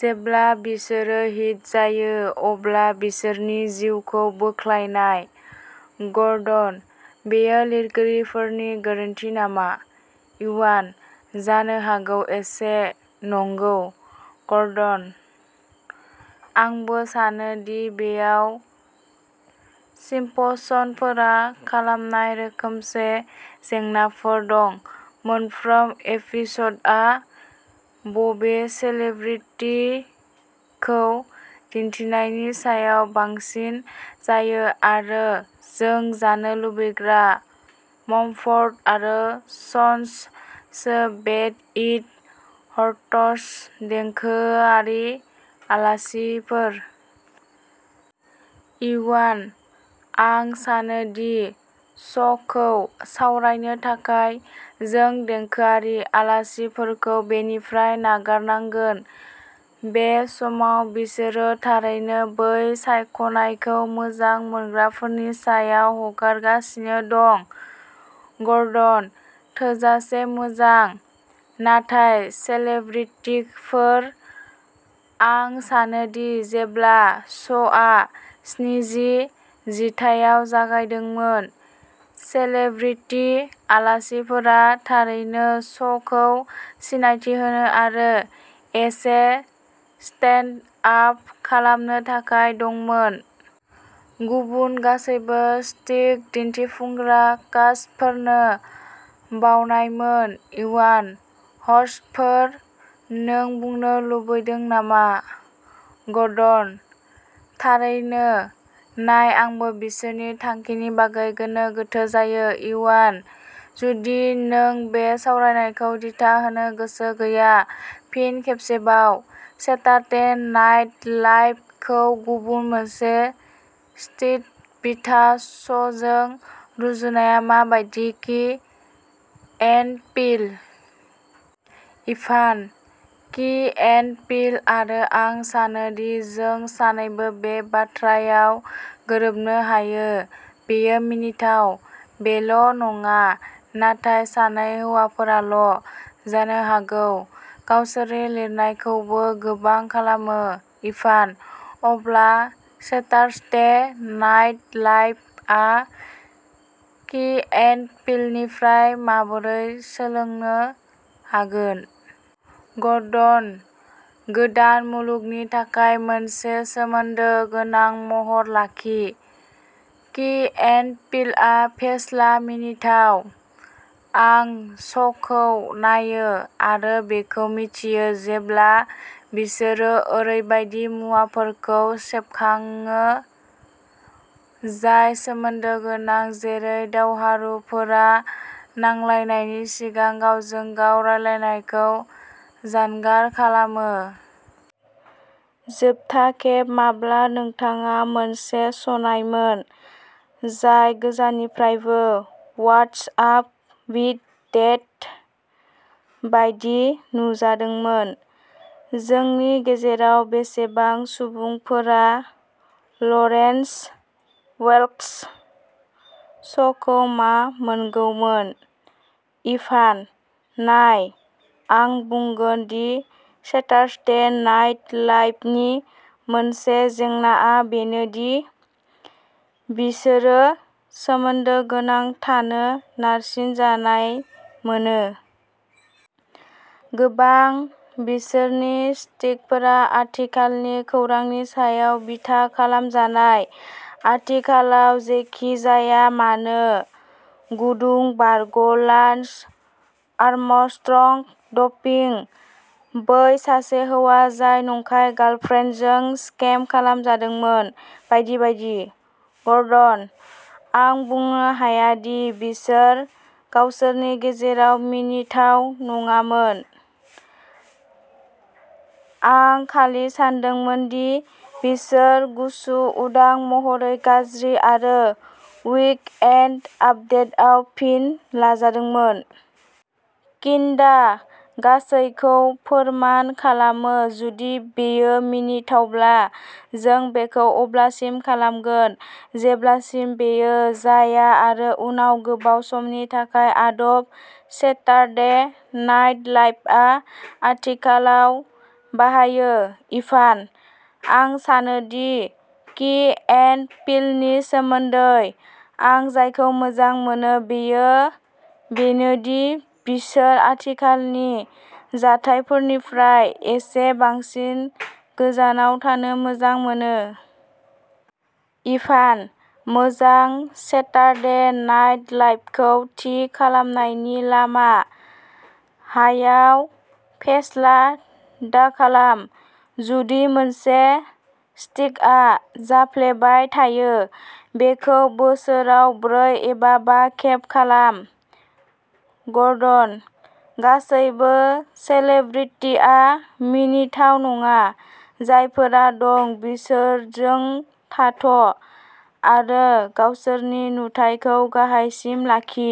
जेब्ला बिसोरो हिट जायो अब्ला बिसोरनि जिउखौ बोख्लायनाय। गर्डन बेयो लिरगिरिफोरनि गोरोन्थि नामा? इवान जानो हागौ एसे नंगौ। गर्डन आंबो सानो दि बेयाव सिम्पसनफोरा खालामनाय रोखोमसे जेंनाफोर दं। मोनफ्रोम एपिसडआ बबे सेलेब्रिटिखौ दिन्थिनायनि सायाव बांसिन जायो आरो जों जानो लुबैग्रा मम्फर्ड आरो Sons so bad it hurts देंखोआरि आलासिफोर। इवान आं सानो दि श'खौ सावरायनो थाखाय जों देंखोआरि आलासिफोरखौ बेनिफ्राय नागारनांगोन। बे समाव बिसोरो थारैनो बै सायख'नायखौ मोजां मोनग्राफोरनि सायाव हगारगासिनो दं। गर्डन थोजासे मोजां। नाथाय सेलेब्रिटिफोर। आं सानोदि जेब्ला श'आ स्निजि जिथाइयाव जागायदोंमोन सेलेब्रिटि आलासिफोरा थारैनो श'खौ सिनायथि होनो आरो एसे स्टेन्ड आप खालामनो थाखाय दंमोन। गुबुन गासैबो स्किट दिन्थिफुंग्रा कास्टफोरनो बावनायमोन। इवान हस्टफोर नों बुंनो लुबैदों नामा? गर्डन थारैनो नाय आंबो बिसोरनि थांखिनि बागै गोनो गोथो जायो। इवान जुदि नों बे सावरायनायखौ दिथा होनो गोसो गैया फिन खेबसेबाव सेटारडे नाइट लाइप खौ गुबुन मोनसे स्किट बिथा श'जों रुजुनाया मा बायदि कि एन्ड पील। इभान कि एन्ड पील आरो आं सानोदि जों सानैबो बे बाथ्रायाव गोरोबनो हायो, बेयो मिनिथाव। बेल' नङा नाथाय सानै हौवाफोराल' जानो हागौ गावसोरनि लिरनायखौबो गोबां खालामो। इभान अब्ला सेटारसडे नाइट लाइप आ की एन्ड पीलनिफ्राय माबोरै सोलोंनो हागोन? गर्डन गोदान मुलुगनि थाखाय मोनसे सोमोन्दो गोनां महर लाखि। कि एन्ड पीलआ फेस्ला मिनिथाव। आं श'खौ नायो आरो बेखौ मिथियो जेब्ला बिसोरो ओरैबायदि मुवाफोरखौ सेबखांयो जाय सोमोन्दो गोनां जेरै दावहारुफोरा नांलायनायनि सिगां गावजों गाव रायलायनायखौ जानगार खालामो। जोबथा खेब माब्ला नोंथाङा मोनसे श'नायमोन जाय गोजाननिफ्रायबो वाटस आप विद देट बायदि नुजादोंमोन? जोंनि गेजेराव बेसेबां सुबुंफोरा लरेन्स वेल्क श'खौ मा मोनगौमोन? इभान नाय आं बुंगोन दि सेटारसदे नाइट लाइप नि मोनसे जेंनाआ बेनो दि बिसोरो सोमोन्दो गोनां थानो नारसिनजानाय मोनो। गोबां बिसोरनि स्किटफोरा आथिखालनि खौरांनि सायाव बिथा खालामजानाय, आथिखालाव जेखि जाया मानो गुदुं बारग'लान्स आर्मस्ट्रं ड'पिं, बै सासे हौवा जाय नंखाय गार्लफ्रेन्डजों स्केम खालामजादोंमोन, बायदि बायदि। गर्डन आं बुंनो हाया दि बिसोर गावसोरनि गेजेराव मिनिथाव नङामोन आं खालि सानदोंमोन दि बिसोर गुसु उदां महरै गाज्रि आरो वीक एन्ड आपदेटआव फिन लाजादोंमोन। किन्डा गासैखौ फोरमान खालामो जुदि बेयो मिनिथावब्ला जों बेखौ अब्लासिम खालामगोन जेब्लासिम बेयो जाया आरो उनाव गोबाव समनि थाखाय आदब सेटारडे नाइट लाइपआ आथिखालाव बाहायो। इभान आं सानोदि कि एन्ड पीलनि सोमोन्दै आं जायखौ मोजां मोनो बेयो बेनो दि बिसोर आथिखालनि जाथायफोरनिफ्राय एसे बांसिन गोजानाव थानो मोजां मोनो। इभान मोजां सेटारडे नाइट लाइपखौ थि खालामनायनि लामा हायाव फेस्ला दाखालाम। जुदि मोनसे स्किटआ जाफ्लेबाय थायो, बेखौ बोसोराव ब्रै एबा बा खेब खालाम। गर्डन गासैबो सेलेब्रिटीया मिनिथाव नङा। जायफोरा दं बिसोरजों थाथ' आरो गावसोरनि नुथायखौ गाहायसिम लाखि।